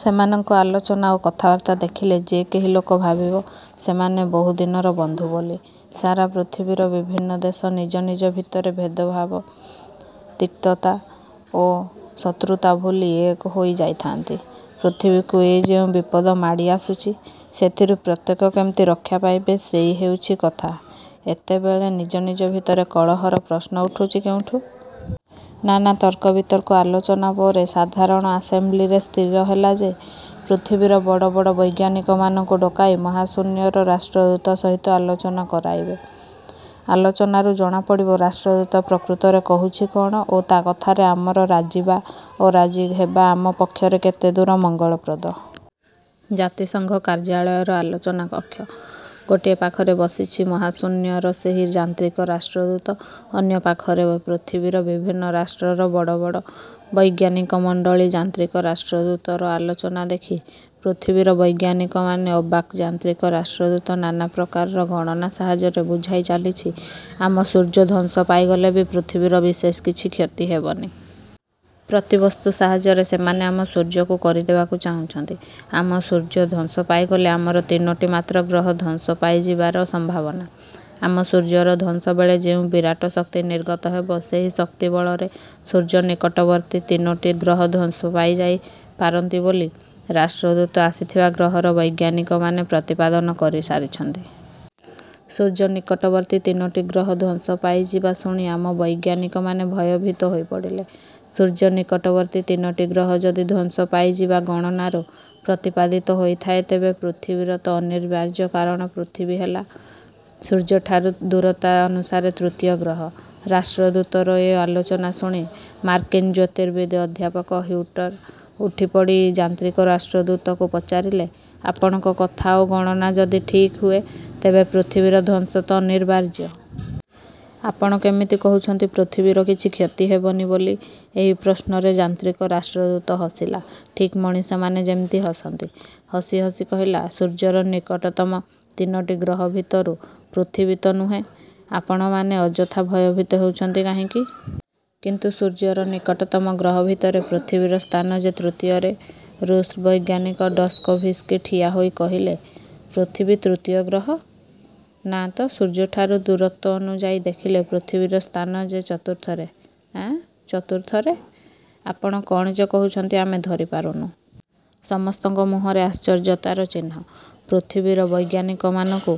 ସେମାନଙ୍କ ଆଲୋଚନା ଓ କଥାବାର୍ତ୍ତା ଦେଖିଲେ ଯେ କେହି ଲୋକ ଭାବିବ, ସେମାନେ ବହୁ ଦିନର ବନ୍ଧୁ ବୋଲି। ସାରା ପୃଥିବୀର ବିଭିନ୍ନ ଦେଶ ନିଜ ନିଜ ଭିତରେ ଭେଦଭାବ ତିକ୍ତତା ଓ ଶତ୍ରୁତା ଭୁଲି ଏକ ହୋଇ ଯାଇଥାନ୍ତି। ପୃଥିବୀକୁ ଏ ଯେଉଁ ବିପଦ ମାଡ଼ି ଆସୁଚି ସେଥିରୁ ପ୍ରତ୍ୟେକ କେମିତି ରକ୍ଷା ପାଇବେ ସେଇ ହେଉଛି କଥା ଏତେବେଳେ ନିଜ ନିଜ ଭିତରେ କଳହର ପ୍ରଶ୍ନ ଉଠୁଛି କେଉଁଠି? ନାନା ତର୍କବିତର୍କ ଆଲୋଚନା ପରେ ସାଧାରଣ ଆସେମ୍ବ୍ଲିରେ ସ୍ଥିର ହେଲା ଯେ ପୃଥିବୀର ବଡ଼ ବଡ଼ ବୈଜ୍ଞାନିକମାନଙ୍କୁ ଡକାଇ ମହାଶୂନ୍ୟର ରାଷ୍ଟ୍ରଦୂତ ସହିତ ଆଲୋଚନା କରାଇବେ। ଆଲୋଚନାରୁ ଜଣା ପଡ଼ିବ ରାଷ୍ଟ୍ରଦୂତ ପ୍ରକୃତରେ କହୁଛି କ'ଣ ଓ ତା କଥାରେ ଆମର ରାଜି ବା ଅରାଜି ହେବା ଆମ ପକ୍ଷରେ କେତେ ଦୂର ମଙ୍ଗଳପ୍ରଦ। ଜାତିସଙ୍ଘ କାର୍ଯ୍ୟାଳୟର ଆଲୋଚନା କକ୍ଷ। ଗୋଟିଏ ପାଖରେ ବସିଛି ମହାଶୂନ୍ୟର ସେହି ଯାନ୍ତ୍ରିକ ରାଷ୍ଟ୍ରଦୂତ ଅନ୍ୟ ପାଖରେ ପୃଥିବୀର ବିଭିନ୍ନ ରାଷ୍ଟ୍ରର ବଡ଼ ବଡ଼। ବୈଜ୍ଞାନିକ ମଣ୍ଡଳୀ ଯାନ୍ତ୍ରିକ ରାଷ୍ଟ୍ରଦୂତର ଆଲୋଚନା ଦେଖି ପୃଥିବୀର ବୈଜ୍ଞାନିକମାନେ ଅବାକ୍ ଯାନ୍ତ୍ରିକ ରାଷ୍ଟ୍ରଦୂତ ନାନାପ୍ରକାର ଗଣନା ସାହାଯ୍ୟରେ ବୁଝାଇ ଚାଲିଛି ଆମ ସୂର୍ଯ୍ୟ ଧ୍ୱଂସ ପାଇଗଲେ ବି ପୃଥିବୀର ବିଶେଷ କିଛି କ୍ଷତି ହେବନି। ପ୍ରତିବସ୍ତୁ ସାହାଯ୍ୟରେ ସେମାନେ ଆମ ସୂର୍ଯ୍ୟକୁ କରିଦେବାକୁ ଚାହୁଁଛନ୍ତି। ଆମ ସୂର୍ଯ୍ୟ ଧ୍ୱଂସ ପାଇଗଲେ ଆମର ତିନୋଟି ମାତ୍ର ଗ୍ରହ ଧ୍ୱଂସ ପାଇଯିବାର ସମ୍ଭାବନା। ଆମ ସୂର୍ଯ୍ୟର ଧ୍ୱଂସବେଳେ ଯେଉଁ ବିରାଟ ଶକ୍ତିନିର୍ଗତ ହେବ ସେହି ଶକ୍ତିବଳରେ ସୂର୍ଯ୍ୟନିକଟବର୍ତ୍ତୀ ତିନୋଟି ଗ୍ରହ ଧ୍ୱଂସ ପାଇଯାଇ ପାରନ୍ତି ବୋଲି ରାଷ୍ଟ୍ରଦୂତ ଆସିଥିବା ଗ୍ରହର ବୈଜ୍ଞାନିକମାନେ ପ୍ରତିପାଦନ କରିସାରିଛନ୍ତି। ସୂର୍ଯ୍ୟ ନିକଟବର୍ତ୍ତୀ ତିନୋଟି ଗ୍ରହ ଧ୍ୱଂସ ପାଇଯିବା ଶୁଣି ଆମ ବୈଜ୍ଞାନିକମାନେ ଭୟଭୀତ ହୋଇପଡ଼ିଲେ। ସୂର୍ଯ୍ୟନିକଟବର୍ତ୍ତୀ ତିନୋଟି ଗ୍ରହ ଯଦି ଧ୍ୱଂସ ପାଇଯିବା ଗଣନାରୁ ପ୍ରତିପାଦିତ ହୋଇଥାଏ ତେବେ ପୃଥିବୀର ତ ଅନିବାର୍ଯ୍ୟ କାରଣ ପୃଥିବୀ ହେଲା ସୂର୍ଯ୍ୟଠାରୁ ଦୂରତା ଅନୁସାରେ ତୃତୀୟ ଗ୍ରହ। ରାଷ୍ଟ୍ରଦୂତର ଏ ଆଲୋଚନା ଶୁଣି ମାର୍କିନ୍ ଜ୍ୟୋତିର୍ବିଦ ଅଧ୍ୟାପକ ହିଉଟର ଉଠିପଡ଼ି ଯାନ୍ତ୍ରିକ ରାଷ୍ଟ୍ରଦୂତକୁ ପଚାରିଲେ, ଆପଣଙ୍କ କଥା ଓ ଗଣନା ଯଦି ଠିକ୍ ହୁଏ ତେବେ ପୃଥିବୀର ଧ୍ୱଂସ ତ ଅନିବାର୍ଯ୍ୟ। ଆପଣ କେମିତି କହୁଛନ୍ତି ପୃଥିବୀର କିଛି କ୍ଷତି ହେବନି ବୋଲି। ଏହି ପ୍ରଶ୍ନରେ ଯାନ୍ତ୍ରିକ ରାଷ୍ଟ୍ରଦୂତ ହସିଲା ଠିକ୍ ମଣିଷମାନେ ଯେମିତି ହସନ୍ତି। ହସି ହସି କହିଲା ସୂର୍ଯ୍ୟର ନିକଟତମ ତିନୋଟି ଗ୍ରହ ଭିତରୁ ପୃଥିବୀ ତ ନୁହେଁ ଆପଣମାନେ ଅଯଥା ଭୟଭୀତ ହେଉଛନ୍ତି କାହିଁକି? କିନ୍ତୁ ସୂର୍ଯ୍ୟର ନିକଟତମ ଗ୍ରହ ଭିତରେ ପୃଥିବୀର ସ୍ଥାନ ଯେ ତୃତୀୟରେ। ରୁଷ୍ ବୈଜ୍ଞାନିକ ଡଷ୍କୋଭସ୍କି ଠିଆ ହୋଇ କହିଲେ। ପୃଥିବୀ ତୃତୀୟ ଗ୍ରହ? ନାଁ ତ ସୂର୍ଯ୍ୟଠାରୁ ଦୂରତ୍ୱ ଅନୁଯାୟୀ ଦେଖିଲେ ପୃଥିବୀର ସ୍ଥାନ ଯେ ଚତୁର୍ଥରେ। ଆଁ ଚତୁର୍ଥରେ? ଆପଣ କ'ଣ ଯେ କହୁଛନ୍ତି ଆମେ ଧରିପାରୁନୁ। ସମସ୍ତଙ୍କ ମୁହଁରେ ଆଶ୍ଚର୍ଯ୍ୟତାର ଚିହ୍ନ। ପୃଥିବୀର ବୈଜ୍ଞାନିକମାନଙ୍କୁ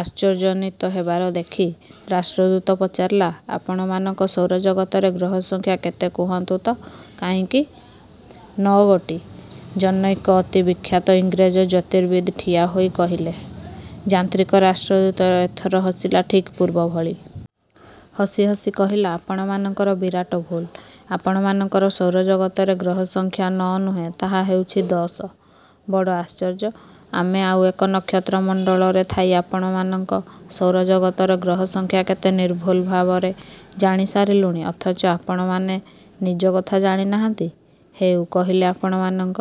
ଆଶ୍ଚର୍ଯ୍ୟାନ୍ୱିତ ହେବାର ଦେଖି ରାଷ୍ଟ୍ରଦୂତ ପଚାରିଲା ଆପଣମାନଙ୍କ ସୌରଜଗତରେ ଗ୍ରହ ସଂଖ୍ୟା କେତେ କୁହନ୍ତୁ ତ କାହିଁକି? ନଅ ଗୋଟି। ଜନୈକ ଅତି ବିଖ୍ୟାତ ଇଂରେଜ ଜ୍ୟୋତିର୍ବିତ୍ ଠିଆହୋଇ କହିଲେ। ଯାନ୍ତ୍ରିକ ରାଷ୍ଟ୍ରଦୂତ ଏଥର ହସିଲା, ଠିକ୍ ପୂର୍ବଭଳି। ହସି ହସି କହିଲା ଆପଣମାନଙ୍କର ବିରାଟ ଭୁଲ୍। ଆପଣମାନଙ୍କ ସୌରଜଗତରେ ଗ୍ରହ ସଂଖ୍ୟା ନଅ ନୁହେଁ ତାହା ହେଉଛି ଦଶ। ବଡ଼ ଆଶ୍ଚର୍ଯ୍ୟ ଆମେ ଆଉ ଏକ ନକ୍ଷତ୍ର ମଣ୍ଡଳରେ ଥାଇ ଆପଣମାନଙ୍କ ସୌରଜଗତର ଗ୍ରହ ସଂଖ୍ୟା କେତେ ନିର୍ଭୁଲ ଭାବରେ ଜାଣିସାରିଲୁଣି ଅଥଚ ଆପଣମାନେ ନିଜ କଥା ଜାଣି ନାହାନ୍ତି। ହେଉ କହିଲେଆପଣମାନଙ୍କ